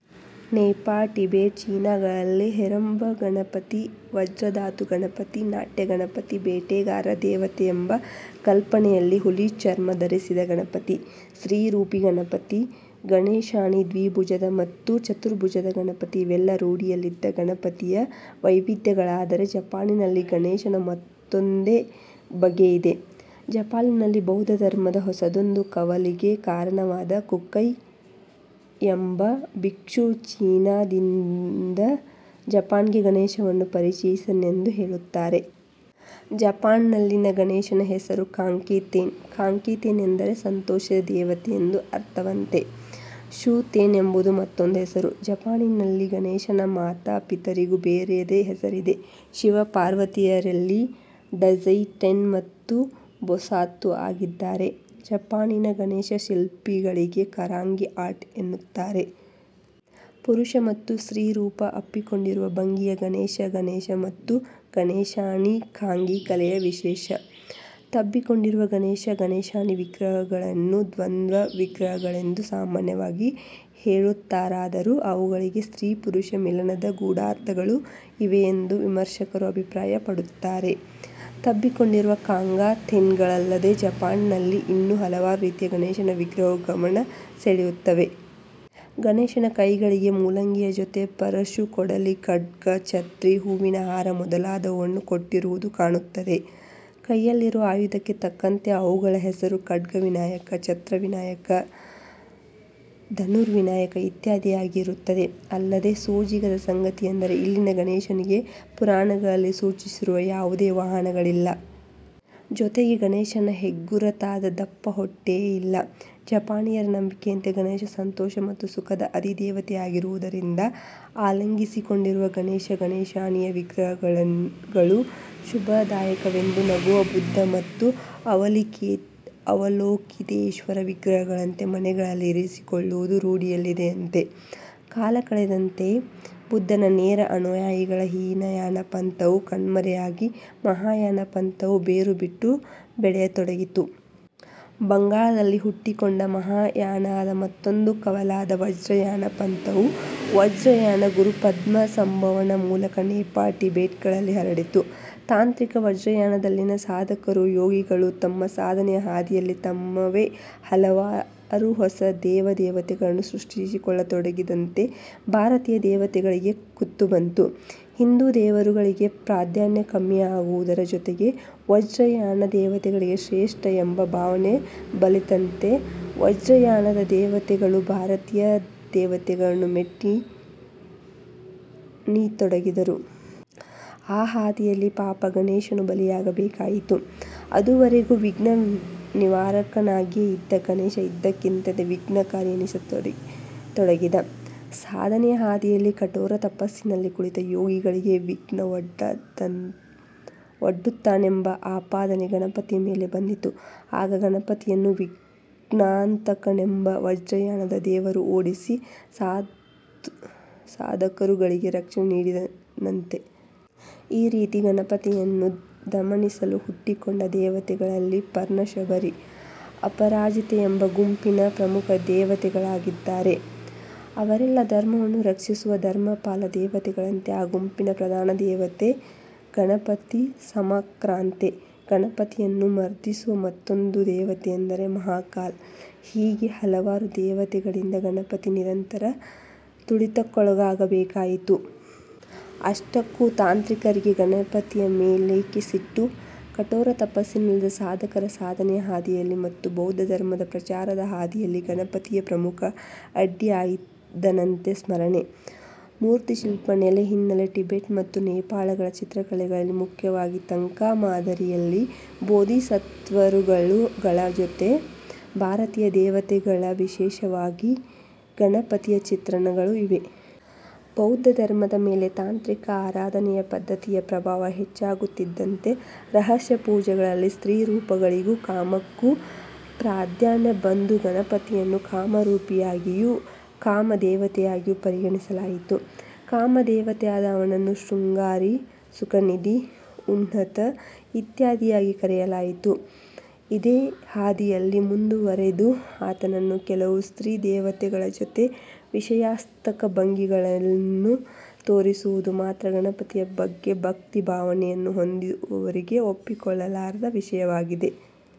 ನೇಪಾಳ, ಟಿಬೆಟ್, ಚೀನಾಗಳಲ್ಲಿ ಹೇರಂಬ ಗಣಪತಿ, ವಜ್ರಧಾತು ಗಣಪತಿ, ನಾಟ್ಯ ಗಣಪತಿ, ಬೇಟೆಗಾರರ ದೇವತೆಯೆಂಬ ಕಲ್ಪನೆಯಲ್ಲಿ ಹುಲಿ ಚರ್ಮ ಧರಿಸಿದ ಗಣಪತಿ, ಸ್ತ್ರೀ ರೂಪಿ ಗಣಪತಿ ಗಣೇಶಾನಿ ದ್ವಿಭುಜದ ಮತ್ತು ಚತುರ್ಭುಜದ ಗಣಪತಿ ಇವೆಲ್ಲ ರೂಢಿಯಲ್ಲಿದ್ದ ಗಣಪತಿಯ ವೈವಿಧ್ಯಗಳಾದರೆ ಜಪಾನಿನಲ್ಲಿ ಗಣೇಶನ ಮತ್ತೊಂದೇ ಬಗೆಯಿದೆ. ಜಪಾನಿನಲ್ಲಿ ಬೌದ್ಧ ಧರ್ಮದ ಹೊಸದೊಂದು ಕವಲಿಗೆ ಕಾರಣನಾದ 'ಕುಕೈ' ಎಂಬ ಬಿಕ್ಷು ಚೀನಾದಿಂದ ಜಪಾನ್ಗೆ ಗಣೇಶನನ್ನು ಪರಿಚಯಿಸಿದನೆಂದು ಹೇಳುತ್ತಾರೆ. ಜಪಾನ್ಲ್ಲಿ ಗಣೇಶನ ಹೆಸರು ಕಾಂಗಿ-ತೆನ್. ಕಾಂಗಿ-ತೆನ್ ಎಂದರೆ ಸಂತೋಷದ ದೇವತೆ ಎಂದು ಅರ್ಥವಂತೆ. ಶೂ-ತೆನ್ ಎಂಬುದು ಮತ್ತೊಂದು ಹೆಸರು. ಜಪಾನಿನಲ್ಲಿ ಗಣೇಶನ ಮಾತಾ ಪಿತರಿಗೂ ಬೇರೆಯದೇ ಹೆಸರಿದೆ. ಶಿವ ಪಾರ್ವತಿಯರಿಲ್ಲಿ ಡೈಜಿ ಟೆನ್ ಮತ್ತು ಬೊಸಾತ್ಸು ಆಗಿದ್ದಾರೆ. ಜಪಾನಿನ ಗಣೇಶ ಶಿಲ್ಪಗಳಿಗೆ ಕಾಂಗಿ ಆರ್ಟ್ ಎನ್ನುತ್ತಾರೆ. ಪುರುಷ ಮತ್ತು ಸ್ತ್ರೀ ರೂಪದ ಅಪ್ಪಿಕೊಂಡಿರುವ ಭಂಗಿಯ ಗಣೇಶ ಗಣೇಶ ಮತ್ತು ಗಣೇಶಾನಿ ಕಾಂಗಿ ಕಲೆಯ ವಿಶೇಷ. ತಬ್ಬಿಕೊಂಡಿರುವ ಗಣೇಶ-ಗಣೇಶಾನಿ ವಿಗ್ರಹಗಳನ್ನು ದ್ವಂದ್ವ ವಿಗ್ರಹಗಳೆಂದು ಸಾಮಾನ್ಯವಾಗಿ ಹೇಳುತ್ತಾರಾದರೂ ಅವುಗಳಿಗೆ ಸ್ತ್ರೀ-ಪುರುಷರ ಮಿಲನದ ಗೂಢಾರ್ಥಗಳೂ ಇವೆಯೆಂದು ವಿಮರ್ಶಕರು ಅಭಿಪ್ರಾಯ ಪಡುತ್ತಾರೆ. ತಬ್ಬಿಕೊಂಡಿರುವ ಕಾಂಗಿ-ತೇನ್ಗಳಲ್ಲದೆ ಜಪಾನಿನಲ್ಲಿ ಇನ್ನೂ ಹಲವಾರು ರೀತಿಯ ಗಣೇಶನ ವಿಗ್ರಹಗಳು ಗಮನ ಸೆಳೆಯುತ್ತವೆ. ಗಣೇಶನ ಕೈಗಳಿಗೆ ಮೂಲಂಗಿಯ ಜೊತೆಗೆ ಪರಶುಕೊಡಲಿ, ಖಡ್ಗ, ಚತ್ರಿ, ಹೂವಿನ ಹಾರ ಮೊದಲಾದುವನ್ನು ಕೊಟ್ಟಿರುವುದು ಕಾಣುತ್ತದೆ. ಕೈಲಿರುವ ಆಯುಧಕ್ಕೆ ತಕ್ಕಂತೆ ಅವುಗಳ ಹೆಸರು ಖಡ್ಗ ವಿನಾಯಕ, ಛತ್ರ ವಿನಾಯಕ, ಧನುರ್ ವಿನಾಯಕ ಇತ್ಯಾದಿಯಾಗಿ ಇರುತ್ತದೆ. ಅಲ್ಲದೆ ಸೋಜಿಗದ ಸಂಗತಿಯೆಂದರೆ ಇಲ್ಲಿನ ಗಣೇಶನಿಗೆ ಪುರಾಣಗಳಲ್ಲಿ ಸೂಚಿಸಿರುವ ಯಾವುದೇ ವಾಹನಗಳಿಲ್ಲ. ಜೊತೆಗೆ ಗಣೇಶನ ಹೆಗ್ಗುರುತಾದ ದಪ್ಪ ಹೊಟ್ಟೆಯೇ ಇಲ್ಲ. ಜಪಾನೀಯರ ನಂಬಿಕೆಯಂತೆ ಗಣೇಶ ಸಂತೋಷ ಮತ್ತು ಸುಖದ ಅಧಿದೇವತೆಯಾಗಿರುವುದರಿಂದ ಆಲಂಗಿಸಿಕೊಂಡಿರುವ ಗಣೇಶ-ಗಣೇಶಾನಿಯ ವಿಗ್ರಹಗಳು ಶುಭದಾಯಕವೆಂದು ನಗುವ ಬುದ್ಧ ಮತ್ತು ಅವಲೋಕಿತೇಶ್ವರನ ವಿಗ್ರಹಗಳಂತೆ ಮನೆಗಳಲ್ಲಿ ಇರಿಸಿಕೊಳ್ಳುವುದು ರೂಢಿಯಲ್ಲಿದೆಯಂತೆ. ಕಾಲಕಳೆದಂತೆ ಬುದ್ಧನ ನೇರ ಅನುಯಾಯಿಗಳ ಹೀನಯಾನ ಪಂಥವು ಕಣ್ಮರೆಯಾಗಿ ಮಹಾಯಾನ ಪಂಥವು ಬೇರು ಬಿಟ್ಟು ಬೆಳೆಯತೊಡಗಿತು. ಬಂಗಾಳದಲ್ಲಿ ಹುಟ್ಟಿಕೊಂಡ ಮಹಾಯಾನದ ಮತ್ತೊಂದು ಕವಲಾದ ವಜ್ರಯಾನ ಪಂಥವು ವಜ್ರಯಾನದ ಗುರು ಪದ್ಮ ಸಂಭವನ ಮೂಲಕ ನೇಪಾಳ, ಟಿಬೆಟ್ಗಳಲ್ಲಿ ಹರಡಿತು. ತಾಂತ್ರಿಕ ವಜ್ರಯಾನದಲ್ಲಿನ ಸಾಧಕರು, ಯೋಗಿಗಳು ತಮ್ಮ ಸಾಧನೆಯ ಹಾದಿಯಲ್ಲಿ ತಮ್ಮವೇ ಹಲವಾರು ಹೊಸ ದೇವ ದೇವತೆಗಳನ್ನು ಸೃಷ್ಟಿಸಿಕೊಳ್ಳತೊಡಗಿದಂತೆ ಭಾರತೀಯ ದೇವತೆಗಳಿಗೆ ಕುತ್ತು ಬಂತು. ಹಿಂದೂ ದೇವರುಗಳಿಗೆ ಪ್ರಾಧಾನ್ಯ ಕಮ್ಮಿಯಾಗುವುದರ ಜೊತೆಗೆ ವಜ್ರಯಾನದ ದೇವತೆಗಳೇ ಶ್ರೇಷ್ಟ ಎಂಬ ಭಾವನೆ ಬಲಿತಂತೆ ವಜ್ರಯಾನದ ದೇವತೆಗಳು ಭಾರತೀಯ ದೇವತೆಗಳನ್ನು ಮೆಟ್ಟಿ ನಿತೊಡಗಿದರು. ಆ ಹಾದಿಯಲ್ಲಿ ಪಾಪ ಗಣೇಶನೂ ಬಲಿಯಾಗಬೇಕಾಯಿತು. ಅದುವರೆವಿಗೂ ವಿಘ್ನ ನಿವಾರಕನಾಗಿಯೇ ಇದ್ದ ಗಣೇಶ ಇದ್ದಕ್ಕಿದ್ದಂತೆ ವಿಘ್ನಕಾರಿ ಎನ್ನಿಸತೊಡಗಿದ. ಸಾಧನೆಯ ಹಾದಿಯಲ್ಲಿ ಕಠೋರ ತಪಸ್ಸಿನಲ್ಲಿ ಕುಳಿತ ಯೋಗಿಗಳಿಗೆ ವಿಘ್ನ ಒಡ್ದುತ್ತಾನೆಂಬ ಆಪಾದನೆ ಗಣಪತಿಯ ಮೇಲೆ ಬಂದಿತು. ಆಗ ಗಣಪತಿಯನ್ನು ವಿಘ್ನಾಂತಕನೆಂಬ ವಜ್ರಯಾನದ ದೇವರು ಓಡಿಸಿ ಸಾಧಕರುಗಳಿಗೆ ರಕ್ಷಣೆ ನೀಡಿದನಂತೆ. ಈ ರೀತಿ ಗಣಪತಿಯನ್ನು ದಮನಿಸಲು ಹುಟ್ಟಿಕೊಂಡ ದೇವತೆಗಳಲ್ಲಿ ಪರ್ಣ ಶಬರಿ, ಅಪರಾಜಿತೆ ಎಂಬ ಗುಂಪಿನ ಪ್ರಮುಖ ದೇವತೆಗಳಿದ್ದಾರೆ. ಅವರೆಲ್ಲ ಧರ್ಮವನ್ನು ರಕ್ಷಿಸುವ "ಧರ್ಮಪಾಲ" ದೇವತೆಗಳಂತೆ ಆ ಗುಂಪಿನ ಪ್ರಧಾನ ದೇವತೆ 'ಗಣಪತಿ ಸಮಾಕ್ರಾಂತೆ'. ಗಣಪತಿಯನ್ನು ಮರ್ದಿಸುವ ಮತ್ತೊಂದು ದೇವತೆಯೆಂದರೆ 'ಮಹಾಕಾಲ' ಹೀಗೆ ಹಲವಾರು ದೇವತೆಗಳಿಂದ ಗಣಪತಿ ನಿರಂತರ ತುಳಿತಕ್ಕೊಳಗಾಗಬೇಕಾಯಿತು. ಅಷ್ಟಕ್ಕೂ ತಾಂತ್ರಿಕರಿಗೆ ಗಣಪತಿಯ ಮೇಲೇಕೆ ಸಿಟ್ಟು? ಕಠೋರ ತಪಸ್ಸಿನಲ್ಲಿದ್ದ ಸಾಧಕರ ಸಾಧನೆಯ ಹಾದಿಯಲ್ಲಿ ಮತ್ತು ಬೌದ್ಧ ಧರ್ಮದ ಪ್ರಚಾರದ ಹಾದಿಯಲ್ಲಿ ಗಣಪತಿಯೇ ಪ್ರಮುಖ ಅಡ್ಡಿಯಾಗಿದ್ದಾನಂತೆ ಸ್ಮರಣೆ, ಮೂರ್ತಿಶಿಲ್ಪ ನೆಲೆ ಹಿನ್ನೆಲೆ ಟಿಬೆಟ್ ಮತ್ತು ನೇಪಾಳಗಳ ಚಿತ್ರಕಲೆಗಳಲ್ಲಿ ಮುಖ್ಯವಾಗಿ ತಂಕಾ ಮಾದರಿಯಲ್ಲಿ ಬೋಧಿಸತ್ವರುಗಳ ಜೊತೆಗೆ ಭಾರತೀಯ ದೇವತೆಗಳ ವಿಶೇಷವಾಗಿ ಗಣಪತಿಯ ಚಿತ್ರಣಗಳೂ ಇವೆ. ಬೌದ್ಧ ಧರ್ಮದ ಮೇಲೆ ತಾಂತ್ರಿಕ ಆರಾಧನೆಯ ಪದ್ಧತಿಯ ಪ್ರಭಾವ ಹೆಚ್ಚಾಗುತ್ತಿದ್ದಂತೆ ರಹಸ್ಯ ಪೂಜೆಗಳಲ್ಲಿ'ಸ್ತ್ರೀರೂಪ'ಗಳಿಗೂ'ಕಾಮ'ಕ್ಕೂ ಪ್ರಾಧಾನ್ಯ ಬಂದು ಗಣಪತಿಯನ್ನು ಕಾಮರೂಪಿಯಾಗಿಯೂ, ಕಾಮ ದೇವತೆಯಾಗಿಯೂ ಪರಿಗಣಿಸಲಾಯಿತು. ಕಾಮದೇವತೆಯಾದ ಅವನನ್ನು ಶೃಂಗಾರಿ, ಸುಖನಿಧಿ, ಉನ್ಮತ್ತ ಇತ್ಯಾದಿಯಾಗಿ ಕರೆಯಲಾಯಿತು. ಇದೇ ಹಾದಿಯಲ್ಲಿ ಮುಂದುವರೆದು ಆತನನ್ನು ಕೆಲವು ಸ್ತ್ರೀ ದೇವತೆಗಳ ಜೊತೆಗೆ 'ವಿಷಯಾಸಕ್ತ ಭಂಗಿ'ಗಳಲ್ಲೂ ತೋರಿಸಿರುವುದು ಮಾತ್ರಾ ಗಣಪತಿಯ ಬಗ್ಗೆ ಭಕ್ತಿ ಭಾವನೆಯನ್ನು ಹೊಂದಿರುವವರಿಗೆ ಒಪ್ಪಿಕೊಳ್ಳಲಾರದ ವಿಷಯವಾಗಿದೆ.